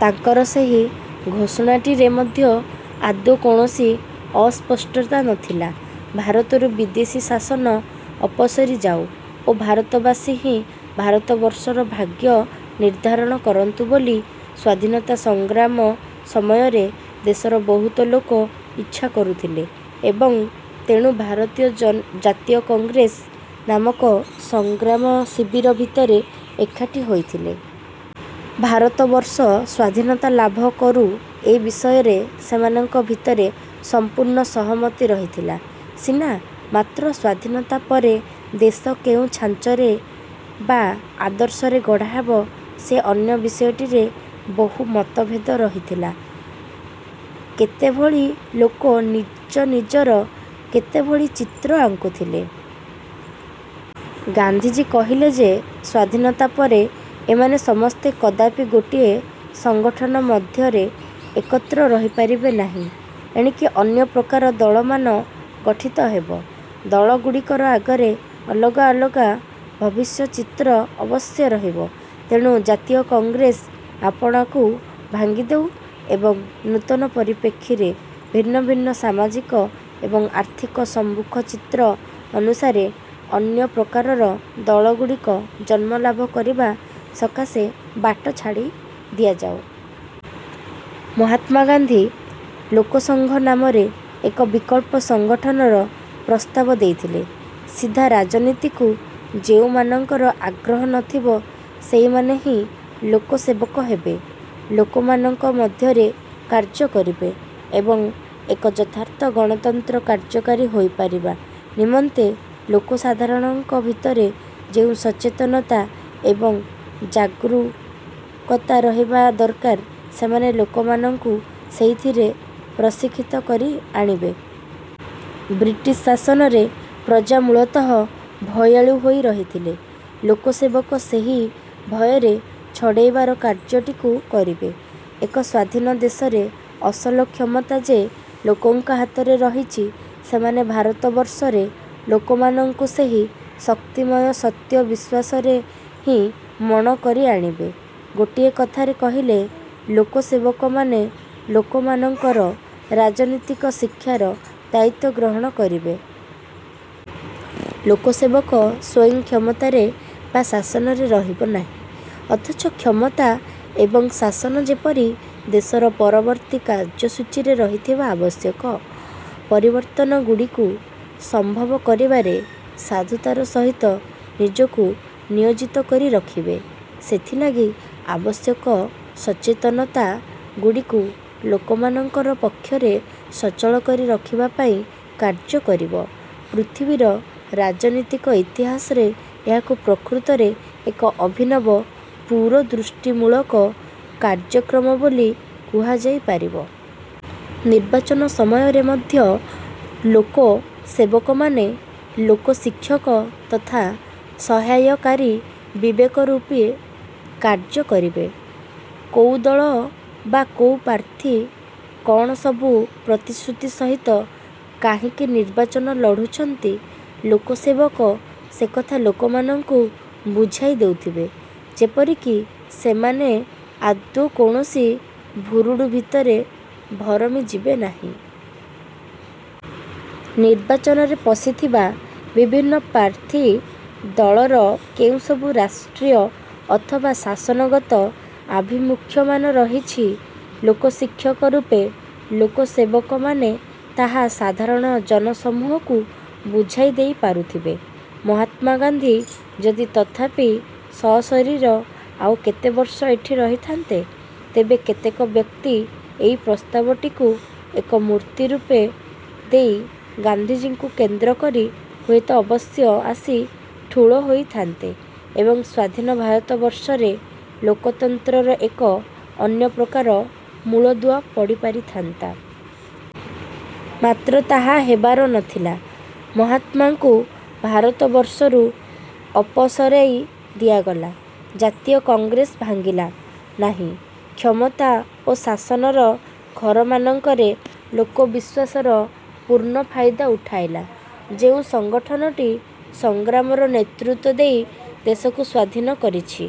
ତାଙ୍କର ସେହି ଘୋଷଣାଟିରେ ମଧ୍ୟ ଆଦୌ କୌଣସି ଅସ୍ପଷ୍ଟତା ନଥିଲା। ଭାରତରୁ ବିଦେଶୀ ଶାସନ ଅପସରି ଯାଉ ଓ ଭାରତବାସୀ ହିଁ ଭାରତବର୍ଷର ଭାଗ୍ୟ ନିର୍ଦ୍ଧାରଣ କରନ୍ତୁ ବୋଲି ସ୍ୱାଧୀନତା ସଂଗ୍ରାମ ସମୟରେ ଦେଶର ବହୁତ ଲୋକ ଇଚ୍ଛା କରୁଥିଲେ ଏବଂ ତେଣୁ ଭାରତୀୟ ଜ ଜାତୀୟ କଂଗ୍ରେସ ନାମକ ସଂଗ୍ରାମ ଶିବିର ଭିତରେ ଏକାଠି ହୋଇଥିଲେ। ଭାରତବର୍ଷ ସ୍ଵାଧୀନତା ଲାଭ କରୁ ଏହି ବିଷୟରେ ସେମାନଙ୍କ ଭିତରେ ସମ୍ପୂର୍ଣ୍ଣ ସହମତି ରହିଥିଲା ସିନା ମାତ୍ର ସ୍ୱାଧୀନତା ପରେ ଦେଶ କେଉଁ ଛାଞ୍ଚରେ ବା ଆଦର୍ଶରେ ଗଢ଼ା ହେବ, ସେହି ଅନ୍ୟ ବିଷୟଟିରେ ବହୁ ମତଭେଦ ରହିଥିଲା। କେତେଭଳି ଲୋକ ନିଜ ନିଜର କେତେଭଳି ଚିତ୍ର ଆଙ୍କୁଥିଲେ। ଗାନ୍ଧିଜୀ କହିଲେ ଯେ, ସ୍ଵାଧୀନତା ପରେ ଏମାନେ ସମସ୍ତେ କଦାପି ଗୋଟିଏ ସଂଗଠନ ମଧ୍ୟରେ ଏକତ୍ର ରହିପାରିବେ ନାହିଁ। ଏଣିକି ଅନ୍ୟ ପ୍ରକାର ଦଳମାନ ଗଠିତ ହେବ। ଦଳଗୁଡ଼ିକର ଆଗରେ ଅଲଗା ଅଲଗା ଭବିଷ୍ୟଚିତ୍ର ଅବଶ୍ୟ ରହିବ। ତେଣୁ ଜାତୀୟ କଂଗ୍ରେସ ଆପଣାକୁ ଭାଙ୍ଗିଦେଉ ଏବଂ ନୂତନ ପରିପ୍ରେକ୍ଷୀରେ ଭିନ୍ନ ଭିନ୍ନ ସାମାଜିକ ଏବଂ ଆର୍ଥିକ ସମ୍ମୁଖଚିତ୍ର ଅନୁସାରେ ଅନ୍ୟପ୍ରକାରର ଦଳଗୁଡ଼ିକ ଜନ୍ମଲାଭ କରିବା ସକାଶେ ବାଟ ଛାଡ଼ି ଦିଆଯାଉ। ମହାତ୍ମା ଗାନ୍ଧୀ ଲୋକସଂଘ ନାମରେ ଏକ ବିକଳ୍ପ ସଂଗଠନର ପ୍ରସ୍ତାବ ଦେଇଥିଲେ। ସିଧା ରାଜନୀତିକୁ ଯେଉଁମାନଙ୍କର ଆଗ୍ରହ ନଥିବ ସେହିମାନେ ହିଁ ଲୋକସେବକ ହେବେ, ଲୋକମାନଙ୍କ ମଧ୍ୟରେ କାର୍ଯ୍ୟ କରିବେ ଏବଂ ଏକ ଯଥାର୍ଥ ଗଣତନ୍ତ୍ର କାର୍ଯ୍ୟକାରୀ ହୋଇପାରିବା ନିମନ୍ତେ ଲୋକସାଧାରଣଙ୍କ ଭିତରେ ଯେଉଁ ସଚେତନତା ଏବଂ ଜାଗରୂକତା ରହିବା ଦରକାର, ସେମାନେ ଲୋକମାନଙ୍କୁ ସେଇଥିରେ ପ୍ରଶିକ୍ଷିତ କରି ଆଣିବେ। ବ୍ରିଟିଶ୍ ଶାସନରେ ପ୍ରଜା ମୂଳତଃ ଭୟାଳୁ ହୋଇ ରହିଥିଲେ, ଲୋକସେବକ ସେହି ଭୟ ଛଡ଼ାଇବାର କାର୍ଯ୍ୟଟିକୁ କରିବେ। ଏକ ସ୍ୱାଧୀନ ଦେଶରେ ଅସଲ କ୍ଷମତା ଯେ ଲୋକଙ୍କ ହାତରେ ରହିଛି ସେମାନେ ଭାରତବର୍ଷରେ ଲୋକମାନଙ୍କୁ ସେହି ଶକ୍ତିମୟ ସତ୍ୟ ବିଶ୍ୱାସରେ ହିଁ ମଣ କରିଆଣିବେ। ଗୋଟିଏ କଥାରେ କହିଲେ, ଲୋକସେବକମାନେ ଲୋକମାନଙ୍କର ରାଜନୀତିକ ଶିକ୍ଷାର ଦାୟିତ୍ୱ ଗ୍ରହଣ କରିବେ। ଲୋକସେବକ ସ୍ଵୟଂ କ୍ଷମତାରେ ବା ଶାସନରେ ରହିବ ନାହିଁ, ଅଥଚ କ୍ଷମତା ଏବଂ ଶାସନ ଯେପରି ଦେଶର ପରବର୍ତ୍ତୀ କାର୍ଯ୍ୟସୂଚୀରେ ରହିଥିବା ଆବଶ୍ୟକ ପରିବର୍ତ୍ତନଗୁଡ଼ିକୁ ସମ୍ଭବ କରିବାରେ ସାଧୁତାର ସହିତ ନିଜକୁ ନିୟୋଜିତ କରି ରଖିବେ, ସେଥିଲାଗି ଆବଶ୍ୟକ ସଚେତନତା ଗୁଡ଼ିକୁ ଲୋକମାନଙ୍କର ପକ୍ଷରେ ସଚଳ କରି ରଖିବା ପାଇଁ କାର୍ଯ୍ୟ କରିବ, ପୃଥିବୀର ରାଜନୀତିକ ଇତିହାସରେ ଏହାକୁ ପ୍ରକୃତରେ ଏକ ଅଭିନବ ପୁରୋଦୃଷ୍ଟିମୂଳକ କାର୍ଯ୍ୟକ୍ରମ ବୋଲି କୁହାଯାଇ ପାରିବ। ନିର୍ବାଚନ ସମୟରେ ମଧ୍ୟ ଲୋକସେବକମାନେ ଲୋକଶିକ୍ଷକ ତଥା ସହାୟକାରୀ ବିବେକ ରୂପେ କାର୍ଯ୍ୟ କରିବେ। କୋଉ ଦଳ ବା କୋଉ ପ୍ରାର୍ଥୀ କଣ ସବୁ ପ୍ରତିଶ୍ରୁତି ସହିତ କାହିଁକି ନିର୍ବାଚନ ଲଢ଼ୁଛନ୍ତି, ଲୋକସେବକ ସେକଥା ଲୋକମାନଙ୍କୁ ବୁଝାଇ ଦେଉଥିବେ, ଯେପରିକି ସେମାନେ ଆଦୌ କୌଣସି ଭୁରୁଡୁ ଭିତରେ ଭରମି ଯିବେନାହିଁ। ନିର୍ବାଚନରେ ପଶିଥିବା ବିଭିନ୍ନ ପ୍ରାର୍ଥୀ ଦଳର କେଉଁସବୁ ରାଷ୍ଟ୍ରୀୟ ଅଥବା ଶାସନଗତ ଆଭିମୁଖ୍ୟମାନ ରହିଛି, ଲୋକଶିକ୍ଷକ ରୂପେ ଲୋକସେବକମାନେ ତାହା ସାଧାରଣ ଜନସମୂହକୁ ବୁଝାଇ ଦେଇପାରୁଥିବେ। ମହାତ୍ମା ଗାନ୍ଧୀ ଯଦି ତଥାପି ସଶରୀର ଆଉ କେତେବର୍ଷ ଏଠି ରହିଥାନ୍ତେ, ତେବେ କେତେକ ବ୍ୟକ୍ତି ଏହି ପ୍ରସ୍ତାବଟିକୁ ଏକ ମୂର୍ତ୍ତି ରୂପ ଦେଇ ଗାନ୍ଧିଜୀଙ୍କୁ କେନ୍ଦ୍ର କରି ହୁଏତ ଅବଶ୍ୟ ଆସି ଠୁଳ ହୋଇଥାନ୍ତେ ଏବଂ ସ୍ୱାଧୀନ ଭାରତବର୍ଷରେ ଲୋକତନ୍ତ୍ରର ଏକ ଅନ୍ୟପ୍ରକାର ମୂଳଦୁଆ ପଡ଼ିପାରିଥାନ୍ତା। ମାତ୍ର ତାହା ହେବାର ନଥିଲା। ମହାତ୍ମାଙ୍କୁ ଭାରତବର୍ଷରୁ ଅପସରାଇ ଦିଆଗଲା। ଜାତୀୟ କଂଗ୍ରେସ ଭାଙ୍ଗିଲା ନାହିଁ। କ୍ଷମତା ଓ ଶାସନର ଘରମାନଙ୍କରେ ଲୋକବିଶ୍ୱାସର ପୂର୍ଣ୍ଣ ଫାଇଦା ଉଠାଇଲା। ଯେଉଁ ସଂଗଠନଟି ସଂଗ୍ରାମର ନେତୃତ୍ଵ ଦେଇ ଦେଶକୁ ସ୍ୱାଧୀନ କରିଛି।